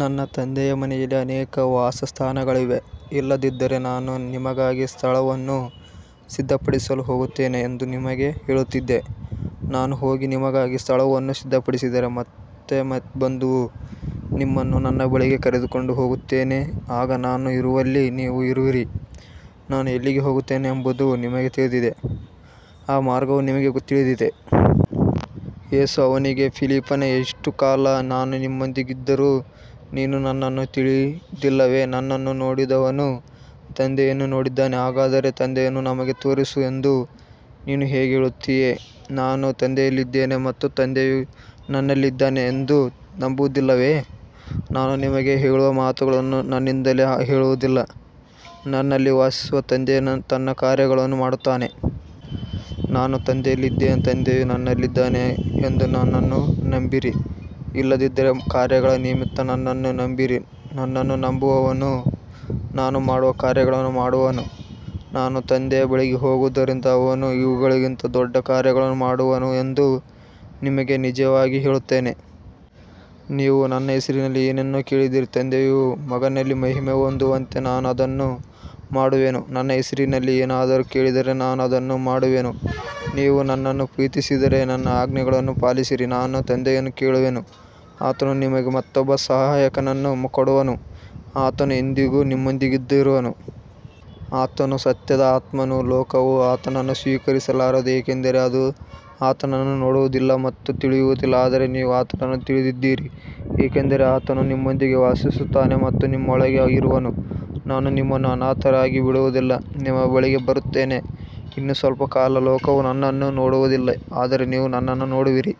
ನನ್ನ ತಂದೆಯ ಮನೆಯಲ್ಲಿ ಅನೇಕ ವಾಸಸ್ಥಾನಗಳಿವೆ. ಇಲ್ಲದಿದ್ದರೆ ನಾನು ನಿಮಗಾಗಿ ಸ್ಥಳವನ್ನು ಸಿದ್ಧಪಡಿಸಲು ಹೋಗುತ್ತೇನೆ ಎಂದು ನಿಮಗೆ ಹೇಳುತ್ತಿದ್ದೆ. ನಾನು ಹೋಗಿ ನಿಮಗಾಗಿ ಸ್ಥಳವನ್ನು ಸಿದ್ಧಪಡಿಸಿದರೆ ಮತ್ತೆ ಬಂದು ನಿಮ್ಮನ್ನು ನನ್ನ ಬಳಿಗೆ ಕರೆದುಕೊಂಡು ಹೋಗುತ್ತೇನೆ, ಆಗ ನಾನು ಇರುವಲ್ಲಿ ನೀವೂ ಇರುವಿರಿ. ನಾನು ಎಲ್ಲಿಗೆ ಹೋಗುತ್ತೇನೆಂಬುದು ನಿಮಗೆ ತಿಳಿದಿದೆ, ಆ ಮಾರ್ಗವೂ ನಿಮಗೆ ತಿಳಿದಿದೆ. ಯೇಸು ಅವನಿಗೆ, ಫಿಲಿಪ್ಪನೇ, ಇಷ್ಟು ಕಾಲ ನಾನು ನಿಮ್ಮೊಂದಿಗಿದ್ದರೂ ನೀನು ನನ್ನನ್ನು ತಿಳಿದಿಲ್ಲವೇ? ನನ್ನನ್ನು ನೋಡಿದವನು ತಂದೆಯನ್ನು ನೋಡಿದ್ದಾನೆ. ಹಾಗಿದ್ದರೆ ತಂದೆಯನ್ನು ನಮಗೆ ತೋರಿಸು ಎಂದು ನೀನು ಹೇಗೆ ಹೇಳುತ್ತೀಯೆ? ನಾನು ತಂದೆಯಲ್ಲಿ ಇದ್ದೇನೆ ಮತ್ತು ತಂದೆಯು ನನ್ನಲ್ಲಿ ಇದ್ದಾನೆ ಎಂದು ನಂಬುವುದಿಲ್ಲವೇ? ನಾನು ನಿಮಗೆ ಹೇಳುವ ಮಾತುಗಳನ್ನು ನನ್ನಿಂದಲೇ ಹೇಳುವುದಿಲ್ಲ, ನನ್ನಲ್ಲಿ ವಾಸಿಸುವ ತಂದೆಯೇ ತನ್ನ ಕಾರ್ಯಗಳನ್ನು ಮಾಡುತ್ತಾನೆ. ನಾನು ತಂದೆಯಲ್ಲಿ ಇದ್ದೇನೆ, ತಂದೆಯು ನನ್ನಲ್ಲಿ ಇದ್ದಾನೆ ಎಂದು ನನ್ನನ್ನು ನಂಬಿರಿ, ಇಲ್ಲದಿದ್ದರೆ ಕಾರ್ಯಗಳ ನಿಮಿತ್ತ ನನ್ನನ್ನು ನಂಬಿರಿ. ನನ್ನನ್ನು ನಂಬುವವನು ನಾನು ಮಾಡುವ ಕಾರ್ಯಗಳನ್ನು ಮಾಡುವನು, ನಾನು ತಂದೆಯ ಬಳಿಗೆ ಹೋಗುವುದರಿಂದ ಅವನು ಇವುಗಳಿಗಿಂತ ದೊಡ್ಡ ಕಾರ್ಯಗಳನ್ನು ಮಾಡುವನು ಎಂದು ನಿಮಗೆ ನಿಜವಾಗಿ ಹೇಳುತ್ತೇನೆ. ನೀವು ನನ್ನ ಹೆಸರಿನಲ್ಲಿ ಏನನ್ನೇ ಕೇಳಿದರೂ ತಂದೆಯು ಮಗನಲ್ಲಿ ಮಹಿಮೆ ಹೊಂದುವಂತೆ ನಾನು ಅದನ್ನು ಮಾಡುವೆನು. ನನ್ನ ಹೆಸರಿನಲ್ಲಿ ಏನನ್ನಾದರೂ ಕೇಳಿದರೆ ನಾನು ಅದನ್ನು ಮಾಡುವೆನು. ನೀವು ನನ್ನನ್ನು ಪ್ರೀತಿಸಿದರೆ ನನ್ನ ಆಜ್ಞೆಗಳನ್ನು ಪಾಲಿಸಿರಿ. ನಾನು ತಂದೆಯನ್ನು ಕೇಳುವೆನು, ಆತನು ನಿಮಗೆ ಮತ್ತೊಬ್ಬ ಸಹಾಯಕನನ್ನು ಕೊಡುವನು, ಆತನು ಎಂದೆಂದಿಗೂ ನಿಮ್ಮೊಂದಿಗಿರುವನು. ಆತನು ಸತ್ಯದ ಆತ್ಮನು. ಲೋಕವು ಆತನನ್ನು ಸ್ವೀಕರಿಸಲಾರದು, ಏಕೆಂದರೆ ಅದು ಆತನನ್ನು ನೋಡುವುದಿಲ್ಲ ಮತ್ತು ತಿಳಿಯುವುದಿಲ್ಲ. ಆದರೆ ನೀವು ಆತನನ್ನು ತಿಳಿದಿದ್ದೀರಿ, ಏಕೆಂದರೆ ಆತನು ನಿಮ್ಮೊಂದಿಗೆ ವಾಸಿಸುತ್ತಾನೆ ಮತ್ತು ನಿಮ್ಮೊಳಗೆ ಇರುವನು. ನಾನು ನಿಮ್ಮನ್ನು ಅನಾಥರಾಗಿ ಬಿಡುವುದಿಲ್ಲ, ನಿಮ್ಮ ಬಳಿಗೆ ಬರುತ್ತೇನೆ. ಇನ್ನೂ ಸ್ವಲ್ಪ ಕಾಲ, ಲೋಕವು ನನ್ನನ್ನು ನೋಡುವುದಿಲ್ಲ, ಆದರೆ ನೀವು ನನ್ನನ್ನು ನೋಡುವಿರಿ.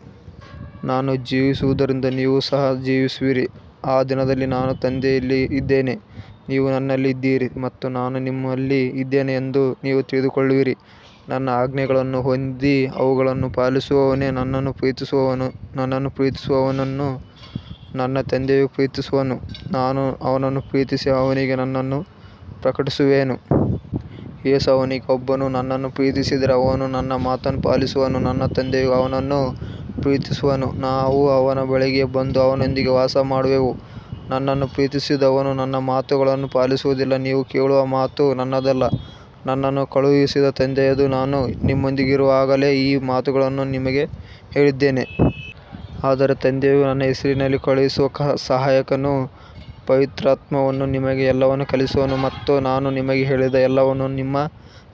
ನಾನು ಜೀವಿಸುವುದರಿಂದ ನೀವು ಸಹ ಜೀವಿಸುವಿರಿ. ಆ ದಿನದಲ್ಲಿ ನಾನು ತಂದೆಯಲ್ಲಿ ಇದ್ದೇನೆ, ನೀವು ನನ್ನಲ್ಲಿ ಇದ್ದೀರಿ ಮತ್ತು ನಾನು ನಿಮ್ಮಲ್ಲಿ ಇದ್ದೇನೆ ಎಂದು ನೀವು ತಿಳಿದುಕೊಳ್ಳುವಿರಿ. ನನ್ನ ಆಜ್ಞೆಗಳನ್ನು ಹೊಂದಿ ಅವುಗಳನ್ನು ಪಾಲಿಸುವವನೇ ನನ್ನನ್ನು ಪ್ರೀತಿಸುವವನು. ನನ್ನನ್ನು ಪ್ರೀತಿಸುವವನನ್ನು ನನ್ನ ತಂದೆಯೂ ಪ್ರೀತಿಸುವನು, ನಾನು ಅವನನ್ನು ಪ್ರೀತಿಸಿ ಅವನಿಗೆ ನನ್ನನ್ನು ಪ್ರಕಟಿಸುವೆನು. ಯೇಸು ಅವನಿಗೆ, ಒಬ್ಬನು ನನ್ನನ್ನು ಪ್ರೀತಿಸಿದರೆ ಅವನು ನನ್ನ ಮಾತನ್ನು ಪಾಲಿಸುವನು. ನನ್ನ ತಂದೆಯು ಅವನನ್ನು ಪ್ರೀತಿಸುವನು, ನಾವು ಅವನ ಬಳಿಗೆ ಬಂದು ಅವನೊಂದಿಗೆ ವಾಸಮಾಡುವೆವು. ನನ್ನನ್ನು ಪ್ರೀತಿಸದವನು ನನ್ನ ಮಾತುಗಳನ್ನು ಪಾಲಿಸುವುದಿಲ್ಲ. ನೀವು ಕೇಳುವ ಮಾತು ನನ್ನದಲ್ಲ, ನನ್ನನ್ನು ಕಳುಹಿಸಿದ ತಂದೆಯದು. ನಾನು ನಿಮ್ಮೊಂದಿಗಿರುವಾಗಲೇ ಈ ಮಾತುಗಳನ್ನು ನಿಮಗೆ ಹೇಳಿದ್ದೇನೆ. ಆದರೆ ತಂದೆಯು ನನ್ನ ಹೆಸರಿನಲ್ಲಿ ಕಳುಹಿಸುವ ಸಹಾಯಕನು, ಪವಿತ್ರಾತ್ಮನು, ನಿಮಗೆ ಎಲ್ಲವನ್ನೂ ಕಲಿಸುವನು ಮತ್ತು ನಾನು ನಿಮಗೆ ಹೇಳಿದ ಎಲ್ಲವನ್ನೂ ನಿಮ್ಮ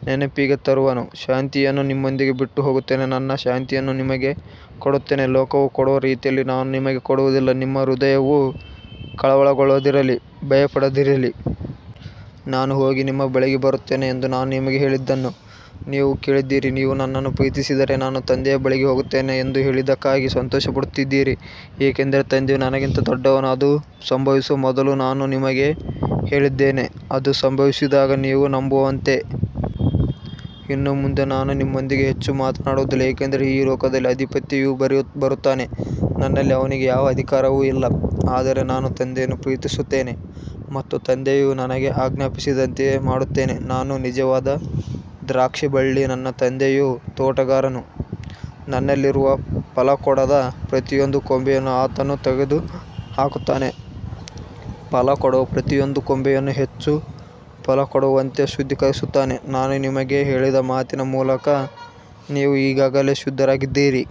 ನೆನಪಿಗೆ ತರುವನು. ಶಾಂತಿಯನ್ನು ನಿಮ್ಮೊಂದಿಗೆ ಬಿಟ್ಟುಹೋಗುತ್ತೇನೆ, ನನ್ನ ಶಾಂತಿಯನ್ನು ನಿಮಗೆ ಕೊಡುತ್ತೇನೆ. ಲೋಕವು ಕೊಡುವ ರೀತಿಯಲ್ಲಿ ನಾನು ನಿಮಗೆ ಕೊಡುವುದಿಲ್ಲ. ನಿಮ್ಮ ಹೃದಯವು ಕಳವಳಗೊಳ್ಳದಿರಲಿ, ಭಯಪಡದಿರಲಿ. ನಾನು ಹೋಗಿ ನಿಮ್ಮ ಬಳಿಗೆ ಬರುತ್ತೇನೆ ಎಂದು ನಾನು ನಿಮಗೆ ಹೇಳಿದ್ದನ್ನು ನೀವು ಕೇಳಿದ್ದೀರಿ. ನೀವು ನನ್ನನ್ನು ಪ್ರೀತಿಸಿದರೆ ನಾನು ತಂದೆಯ ಬಳಿಗೆ ಹೋಗುತ್ತೇನೆ ಎಂದು ಹೇಳಿದ್ದಕ್ಕಾಗಿ ಸಂತೋಷಪಡುತ್ತಿದ್ದಿರಿ, ಏಕೆಂದರೆ ತಂದೆಯು ನನಗಿಂತ ದೊಡ್ಡವನು. ಅದು ಸಂಭವಿಸುವ ಮೊದಲು ನಾನು ನಿಮಗೆ ಹೇಳಿದ್ದೇನೆ, ಅದು ಸಂಭವಿಸಿದಾಗ ನೀವು ನಂಬುವಂತೆ. ಇನ್ನು ಮುಂದೆ ನಾನು ನಿಮ್ಮೊಂದಿಗೆ ಹೆಚ್ಚು ಮಾತನಾಡುವುದಿಲ್ಲ, ಏಕೆಂದರೆ ಈ ಲೋಕದ ಅಧಿಪತಿಯು ಬರುತ್ತಾನೆ. ನನ್ನಲ್ಲಿ ಅವನಿಗೆ ಯಾವ ಅಧಿಕಾರವೂ ಇಲ್ಲ. ಆದರೆ ನಾನು ತಂದೆಯನ್ನು ಪ್ರೀತಿಸುತ್ತೇನೆ ಮತ್ತು ತಂದೆಯು ನನಗೆ ಆಜ್ಞಾಪಿಸಿದಂತೆಯೇ ಮಾಡುತ್ತೇನೆ. ನಾನು ನಿಜವಾದ ದ್ರಾಕ್ಷಿಬಳ್ಳಿ, ನನ್ನ ತಂದೆಯು ತೋಟಗಾರನು. ನನ್ನಲ್ಲಿರುವ ಫಲಕೊಡದ ಪ್ರತಿಯೊಂದು ಕೊಂಬೆಯನ್ನು ಆತನು ತೆಗೆದುಹಾಕುತ್ತಾನೆ, ಫಲಕೊಡುವ ಪ್ರತಿಯೊಂದು ಕೊಂಬೆಯನ್ನೂ ಹೆಚ್ಚು ಫಲಕೊಡುವಂತೆ ಶುದ್ಧೀಕರಿಸುತ್ತಾನೆ. ನಾನು ನಿಮಗೆ ಹೇಳಿದ ಮಾತಿನ ಮೂಲಕ ನೀವು ಈಗಾಗಲೇ ಶುದ್ಧರಾಗಿದ್ದೀರಿ.